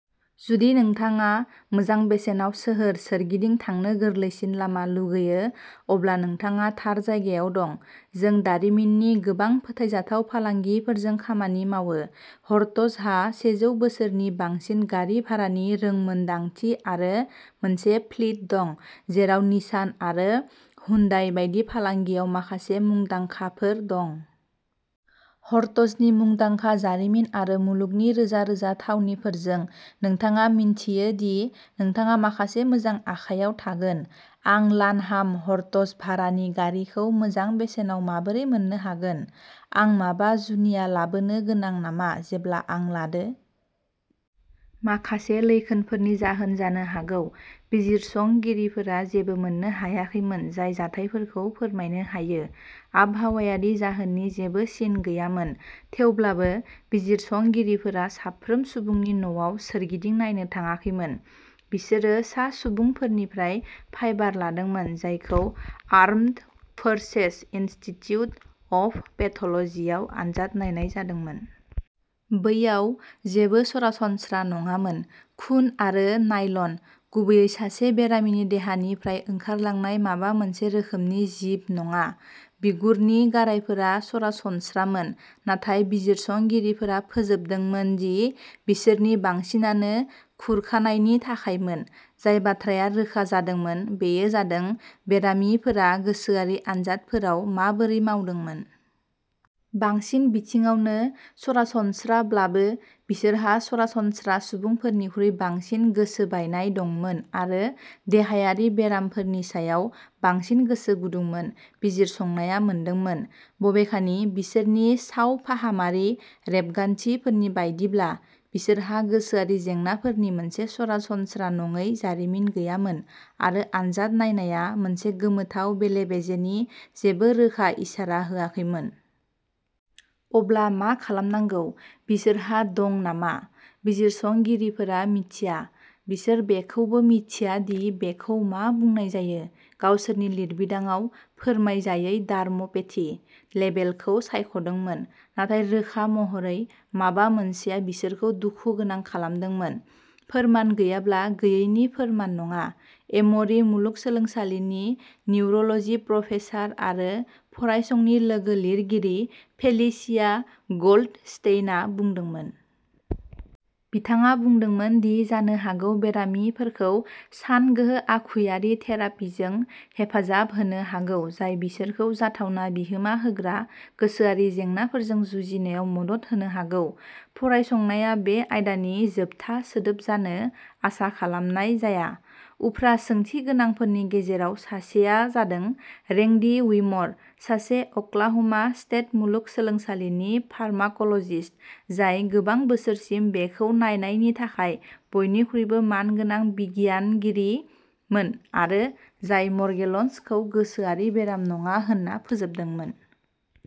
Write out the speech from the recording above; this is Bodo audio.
जुदि नोंथाङा मोजां बेसेनाव सोहोर सोरगिदिं थांनो गोरलैसिन लामा लुगैयो, अब्ला नोंथाङा थार जायगायाव दं। जों दारिमिननि गोबां फोथायजाथाव फालांगिफोरजों खामानि मावो। हर्टजहा सेजौ बोसोरनि बांसिन गारि भारानि रोंमोनदांथि आरो मोनसे फ्लीट दं, जेराव निसान आरो हुन्डाइ बायदि फालांगियाव माखासे मुंदांखा। हर्टजनि मुंदांखा जारिमिन आरो मुलुगनि रोजा-रोजा थावनिफोरजों, नोंथाङा मिन्थियो दि नोंथाङा माखासे मोजां आखाइयाव थागोन। आं लानहाम हर्टज भारानि गारिखौ मोजां बेसेनाव माबोरै मोन्नो हागोन? आं माबा जुनिया लाबोनो गोनां नामा जेब्ला आं लादो? माखासे लैखोनफोरनि जाहोन जानो हागौ। बिजिरसंगिरिफोरा जेबो मोननो हायाखैमोन जाय जाथायफोरखौ फोरमायनो हायो। आबहावायारि जाहोननि जेबो सिन गैयामोन, थेवब्लाबो बिजिरसंगिरिफोरा साफ्रोम सुबुंनि न'आव सोरगिदिं नायनो थाङाखैमोन। बिसोरो सा सुबुंफोरनिफ्राय फाइबार लादोंमोन, जायखौ आर्म्ड फोर्सेस इनस्टिट्युट अफ पेथलजियाव आनजाद नायनाय जादोंमोन। बैयाव जेबो सरासनस्रा नङामोन। खुन आरो नायल'न, गुबैयै-सासे बेरामिनि देहानिफ्राय ओंखारलांनाय माबा मोनसे रोखोमनि जिब नङा। बिगुरनि गारायफोरा सरासनस्रामोन, नाथाय बिजिरसंगिरिफोरा फोजोबदोंमोन दि बिसोरनि बांसिनानो खुरखानायनि थाखायमोन। जाय बाथ्राया रोखा जादोंमोन बेयो जादों बेरामिफोरा गोसोआरि आनजादफोराव माबोरै मावदोंमोन। बांसिन बिथिङावनो सरासनस्राब्लाबो, बिसोरहा सरासनस्रा सुबुंफोरनिख्रुइ बांसिन गोसोबायनाय दंमोन आरो देहायारि बेरामफोरनि सायाव बांसिन गोसो गुदुंमोन, बिजिरसंनाया मोनदोंमोन। बबेखानि, बिसोरनि सावफाहामारि रेबगान्थिफोरनि बायदिब्ला, बिसोरहा गोसोआरि जेंनाफोरनि मोनसे सरासनस्रा नङै जारिमिन गैयामोन। आरो आनजाद नायनाया मोनसे गोमोथाव बेले-बेजेनि जेबो रोखा इसारा होआखैमोन। अब्ला मा खालामनांगौ? बिसोरहा दं नामा? बिजिरसंगिरिफोरा मिथिया। बिसोर बेखौबो मिथिया दि बेखौ मा बुंनाय जायो, गावसोरनि लिरबिदांआव "फोरमायजायै डार्म'पेथि" लेबेलखौ सायख'दोंमोन। नाथाय रोखा महरै, माबा मोनसेया बिसोरखौ दुखु गोनां खालामदोंमोन। "फोरमान गैयाब्ला गैयैनि फोरमान नङा", एम'रि मुलुगसोलोंसालिनि निउर'ल'जि प्रफेसार आरो फरायसंनि लोगो-लिरगिरि फेलिसिया ग'ल्डस्टेइनआ बुंदोंमोन। बिथाङा बुंदोंमोन दि जानो हागौ बेरामिफोरखौ सानगोहो आखुयारि थेरापिजों हेफाजाब होनो हागौ जाय बिसोरखौ जाथावना बिहोमा होग्रा गोसोआरि जेंनाफोरजों जुजिनायाव मदद होनो हागौ। फरायसंनाया बे आयदानि जोबथा सोदोब जानो आसा खालामनाय जाया। उफ्रा सोंथि गोनांफोरनि गेजेराव सासेआ जादों रेंडि विम'र, सासे अक्लाह'मा स्टेट मुलुगसोलोंसालिनि फार्माक'ल'जिस्ट, जाय गोबां बोसोरसिम बेखौ नायनायनि थाखाय बयनिख्रुइबो मानगोनां बिगियानगिरिमोन आरो जाय म'र्गेलन्सखौ गोसोआरि बेराम नङा होन्ना फोजोबदोंमोन।